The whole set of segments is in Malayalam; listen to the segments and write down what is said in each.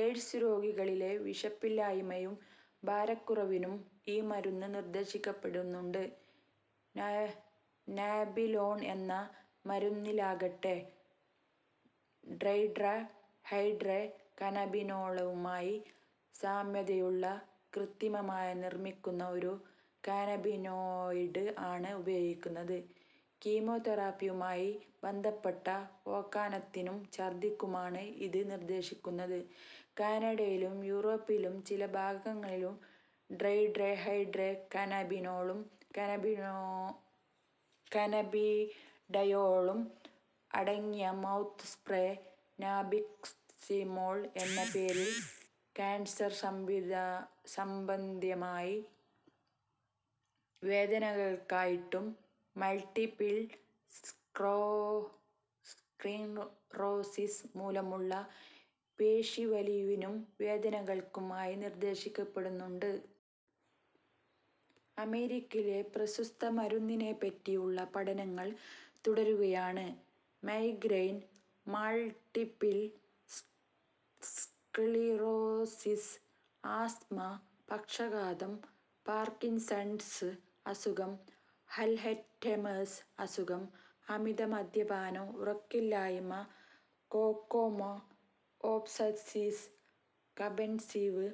എയ്ഡ്സ് രോഗികളിലെ വിശപ്പില്ലായ്മയും ഭാരക്കുറവിനും ഈ മരുന്ന് നിർദ്ദേശിക്കപ്പെടുന്നുണ്ട്. നാബിലോൺ എന്ന മരുന്നിലാകട്ടെ, ടെട്രാ ഹൈഡ്രോ കനാബിനോളുമായി സാമ്യതയുള്ള കൃത്രിമമായി നിർമ്മിക്കുന്ന ഒരു കനാബിനോയ്ഡ് ആണ് ഉപയോഗിക്കുന്നത്. കീമോതെറാപ്പിയുമായി ബന്ധപ്പെട്ട ഓക്കാനത്തിനും ഛർദ്ദിക്കുമാണ് ഇതും നിർദ്ദേശിക്കുന്നത്. കാനഡയിലും യൂറോപ്പിന്റെ ചില ഭാഗങ്ങളിലും ടെട്രാ ഹൈഡ്രോ കനാബിനോളും കനാബിഡയോളും അടങ്ങിയ മൗത്ത് സ്പ്രേ നാബിക്സിമോൾ എന്ന പേരിൽ കാൻസർ സംബന്ധിയായ വേദനകൾക്കായിട്ടും, മൾടിപിൾ സ്ക്ലീറോസിസ് മൂലമുള്ള പേശീവലിവിനും വേദനകൾകും ആയി നിർദ്ദേശിക്കപ്പെടുന്നുണ്ട്. അമേരിക്കയിൽ പ്രസ്തുത മരുന്നിനെ പറ്റിയുള്ള പഠനങ്ങൾ തുടരുകയാണ്. മൈഗ്രേൻ, മൾടിപ്പിൾ സ്ക്ളീറോസിസ്, ആസ്ത്മ, പക്ഷാഘാതം, പാർകിൻസൺസ് അസുഖം, അൽഹൈറ്റ്മേഴ്സ് അസുഖം, അമിത മദ്യപാനം, ഉറക്കമില്ലായ്മ, ഗ്ലോക്കോമ, ഒബ്സസീസ് കമ്പൽസീവ്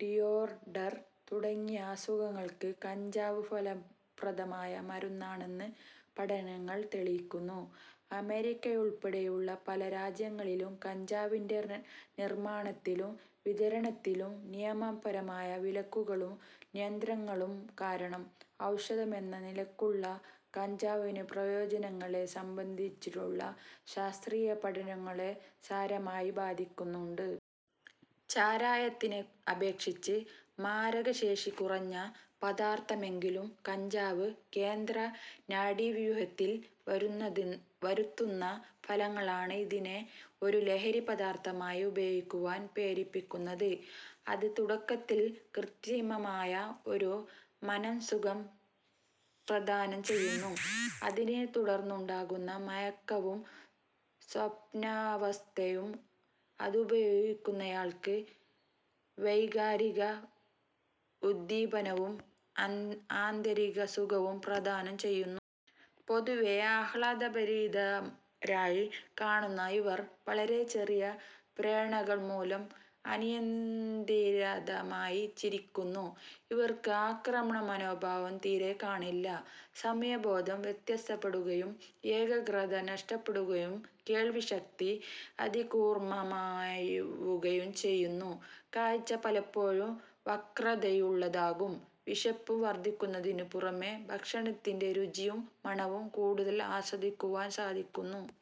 ഡിസോർഡർ തുടങ്ങിയ അസുഖങ്ങൾക്ക് കഞ്ചാവ് ഫലപ്രദമായ മരുന്നാണെന്ന് പഠനങ്ങൾ തെളിയിക്കുന്നു. അമേരിക്കയുൾപടെയുള്ള പല രാജ്യങ്ങളിലും കഞ്ചാവിന്റെ നിർമ്മാണത്തിലും വിതരണത്തിലുമുള്ള നിയമപരമായ വിലക്കുകളും നിയന്ത്രണങ്ങളും കാരണം ഔഷധമെന്ന നിലക്കുള്ള കഞ്ചാവിന്റെ പ്രയോജനങ്ങളെ സംബന്ധിച്ചുള്ള ശാസ്ത്രീയ പഠനങ്ങളെ സാരമായി ബാധിക്കുന്നുണ്ട്. ചാരായത്തിനെ അപേക്ഷിച്ച് മാരകശേഷി കുറഞ്ഞ പദാർഥമെങ്കിലും, കഞ്ചാവ് കേന്ദ്ര നാഡീവ്യൂഹത്തിൽ വരുത്തുന്ന ഫലങ്ങളാണ് ഇതിനെ ഒരു ലഹരി പദാർഥമായി ഉപയോഗിക്കുവാൻ പ്രേരിപ്പിക്കുന്നത്. അത് തുടക്കത്തിൽ കൃത്രിമമായ ഒരു മനഃസുഖം പ്രദാനം ചെയ്യുന്നു. അതിനെ തുടർന്നുണ്ടാകുന്ന മയക്കവും സ്വപ്നാവസ്ഥയും അതുപയോഗിക്കുന്നയാൾക്ക് വൈകാരിക ഉദ്ദീപനവും ആന്തരിക സുഖവും പ്രദാനം ചെയ്യുന്നു. പൊതുവെ ആഹ്ലാദ ഭരിതരായി കാണുന്ന ഇവർ വളരെ ചെറിയ പ്രേരണകൾ മൂലം അനിയന്ത്രിതമായി ചിരിക്കുന്നു. ഇവർക്ക് ആക്രമണ മനോഭാവം തീരെ കാണില്ല. സമയബോധം വ്യത്യാസപ്പെടുകയും, ഏകാഗ്രത നഷ്ടപ്പെടുകയും, കേൾവി ശക്തി അതികൂർമ്മമാവുകയുംചെയ്യുന്നു. കാഴ്ച പലപ്പോഴും വക്രതയുള്ളതാകും. വിശപ്പു വർദ്ധിക്കുന്നതിനു പുറമെ ഭക്ഷണത്തിന്റെ രുചിയും മണവും കൂടുതൽ ആസ്വദിക്കുവാൻ സാധിക്കുന്നു.